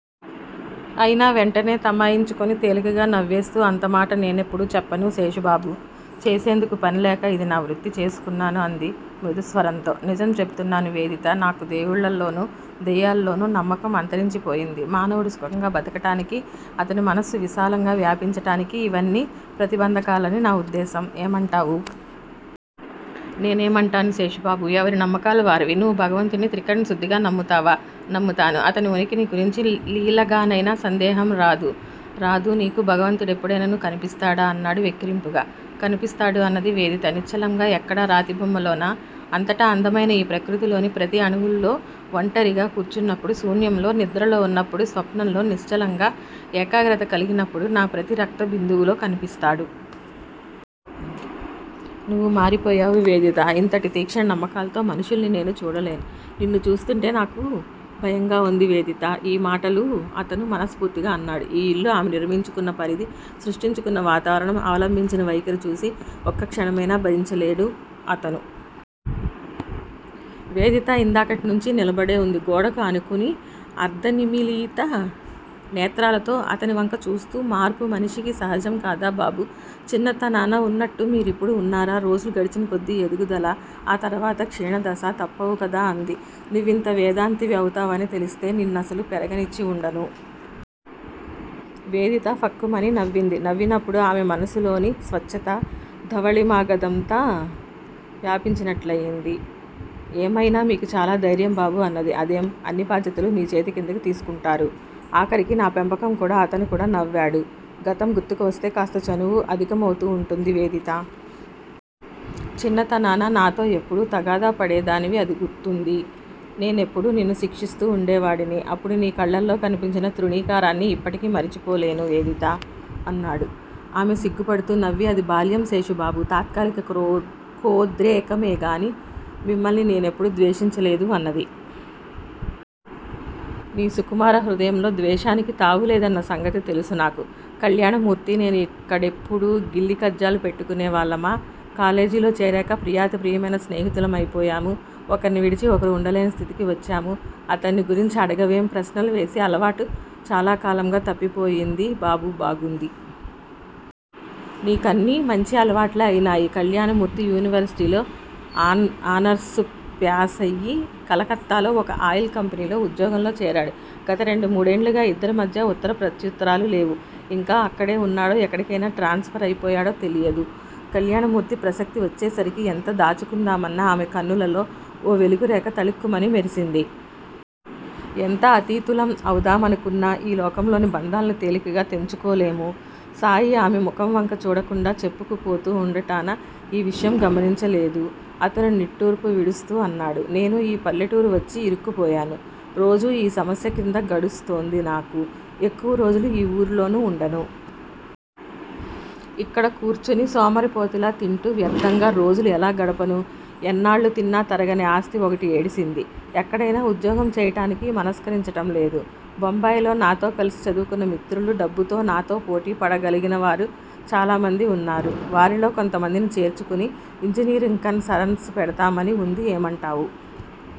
అయినా వెంటనే తమాయించుకుని తేలికగా నవ్వేస్తూ అంతమాట నేనెప్పుడూ చెప్పను శేషుబాబూ! చేసేందుకు పనిలేక, ఇది నా వృత్తి చేసుకున్నాను అంది మృదుస్వరంతో. నిజం చెబుతున్నాను వేదితా! నాకు దేవుళ్ళలోనూ, దెయ్యాలలోనూ నమ్మకం అంతరించిపోయింది. మానవుడు సుఖంగా బ్రతకటానికి, అతని మనస్సు విశాలంగా వ్యాపించటానికి ఇవన్నీ ప్రతిబంధకాలని నా ఉద్దేశం ఏమంటావు? నేనేమంటాను శేషుబాబూ! ఎవరి నమ్మకాలు వారివి. నువ్వు భగవంతుడ్ని త్రికరణశుద్ధిగా నమ్ముతావా? నమ్ముతాను. అతని ఉనికిని గురించి లీలగానైనా సందేహం రాదూ? రాదు నీకు భగవంతు డెప్పుడైనా కనిపిస్తాడా? అన్నాడు వెక్కిరింపుగా. కనిపిస్తాడు అన్నది వేదిత నిశ్చలంగా. ఎక్కడా? రాతి బొమ్మలోనా? అంతటా! అందమైన ఈ ప్రకృతిలోని ప్రతి అణువుల్లో, వంటరిగా కూర్చున్నప్పుడు శూన్యంలో, నిద్రలో ఉన్నప్పుడు స్వప్నంలో నిశ్చలంగా, ఏకాగ్రత కలిగినప్పుడు నా ప్రతి రక్త బిందువులో కనిపిస్తాడు. నువ్వు మారిపోయావు వేదితా! ఇంతటి తీక్షణ నమ్మకాల్తో మనుషుల్ని నేను చూడలేను. నిన్ను చూస్తుంటే నాకు భయంగా ఉంది వేదితా! ఈ మాటలు అతను మనస్ఫూర్తిగా అన్నాడు. ఈ యిల్లు, ఆమె నిర్మించుకున్న పరిధి, సృష్టించుకున్న వాతావరణం, అవలంభించిన వైఖరి చూసి ఒక్క క్షణమయినా భరించలేడు అతను. వేదిత ఇందాకటినుంచీ నిలబడే ఉంది. గోడకు ఆనుకుని, అర్ధనిమీలిత నేత్రాలతో అతనివంక చూస్తూ మార్పు మనిషికి సహజం కాదా బాబూ? చిన్నతనాన ఉన్నట్టు మీరిప్పుడు ఉన్నారా? రోజులు గడిచిన కొద్ది ఎదుగుదలా, ఆ తరువాత క్షీణదశా తప్పవుకదా? అంది. నువ్వింత వేదాంతివి అవుతావని తెలిస్తే నిన్నసలు పెరగనిచ్చి ఉండను. వేదిత ఫక్కుమని నవ్వింది. నవ్వినప్పుడు ఆమె మనస్సులోని స్వచ్ఛతా, ధవళిమా గదంతా వ్యాపించినట్లయింది. ఏమయినా మీకు చాలా దైర్యం బాబూ అన్నది. అదేం? అన్ని బాధ్యతలూ మీ చేతిక్రిందికి తీసుకుంటారు. ఆఖరికి నా పెంపకం కూడా. అతనుకూడా నవ్వాడు. గతం గుర్తువస్తే కాస్త చనువు అధికమవుతూ ఉంటుంది వేదితా! చిన్నతనాన నాతో ఎప్పుడూ తగాదా పడే దానివి. అది గుర్తుంది. నేనెప్పుడూ నిన్ను శిక్షిస్తూ ఉండేవాడిని. అప్పుడు నీ కళ్లల్లో కనిపించిన తృణీకారాన్ని యిప్పటికీ మరిచిపోలేను వేదితా! అన్నాడు. ఆమె సిగ్గుపడుతూ నవ్వి అది బాల్యం శేషుబాబూ! తాత్కాలి కోద్రేకమేగాని మిమ్మల్ని నేనెన్నడూ ద్వేషించలేదు అన్నది. నీ సుకుమార హృదయంలో ద్వేషానికి తావులేదన్న సంగతి తెలుసు నాకు. కళ్యాణమూర్తి, నేను యిక్కడెప్పుడూ గిల్లికజ్జాలు పెట్టుకునేవాళ్ళమా? కాలేజీలో చేరాక ప్రియాతి ప్రియమైన స్నేహితులమైపోయాము. ఒకర్ని విడిచి ఒకరు ఉండలేని స్థితికి వచ్చాము. అతన్ని గురించి అడగవేం? ప్రశ్నలువేసే అలవాటు చాలా కాలంగా తప్పిపోయింది బాబూ బాగుంది. నీ కన్నీ మంచి అలవాట్లే అయినాయి. కళ్యాణమూర్తి యూనివర్సిటీలో ఆనర్స్ ప్యాసయి కలకత్తాలో ఒక ఆయిల్ కంపెనీలో ఉద్యోగంలో చేరాడు. గత రెండు మూడేండ్లుగా యిద్దరి మధ్యా ఉత్తర ప్రత్యుత్తరాలు లేవు. ఇంకా అక్కడే ఉన్నాడో, ఎక్కడికైనా ట్రాన్స్ ఫరయిపోయాడో తెలీదు. కళ్యాణమూర్తి ప్రసక్తి వచ్చేసరికి ఎంత దాచుకుందామన్నా ఆమె కన్నులలో ఓ వెలుగురేఖ తళుక్కుమని మెరిసింది. ఎంత అతీతులం అవుదామనుకున్నా ఈ లోకంలోని బంధాలను తేలికగా తెంచుకోలేము. శాయి ఆమె ముఖంవంక చూడకుండా చెప్పుకుపోతూ ఉండటాన ఈ విషయం గమనించలేదు. అతను నిట్టూర్పు విడుస్తూ అన్నాడు. నేను ఈ పల్లెటూరు వచ్చి యిరుక్కుపోయాను. రోజూ సమస్య క్రింద గడుస్తోంది నాకు. ఎక్కువ రోజులు ఈ ఊరిలోనూ ఉండను. ఇక్కడ కూర్చుని సోమరిపోతులా తింటూ వ్యర్థంగా రోజులు ఎలా గడపను? ఎన్నాళ్ళు తిన్నా తరగని ఆస్తి ఒకటి ఏడిసింది. ఎక్కడయినా ఉద్యోగం చేయటానికి మనస్కరించటంలేదు. బొంబాయిలో నాతో కలిసి చదువుకున్న మిత్రులూ, డబ్బుతో నాతో పోటీ పడగలిగినవారూ చాలామంది ఉన్నారు. వారిలో కొంతమందిని చేర్చుకుని ఇంజనీరింగు కన్ సరన్స్ పెడదామని ఉంది ఏమంటావు?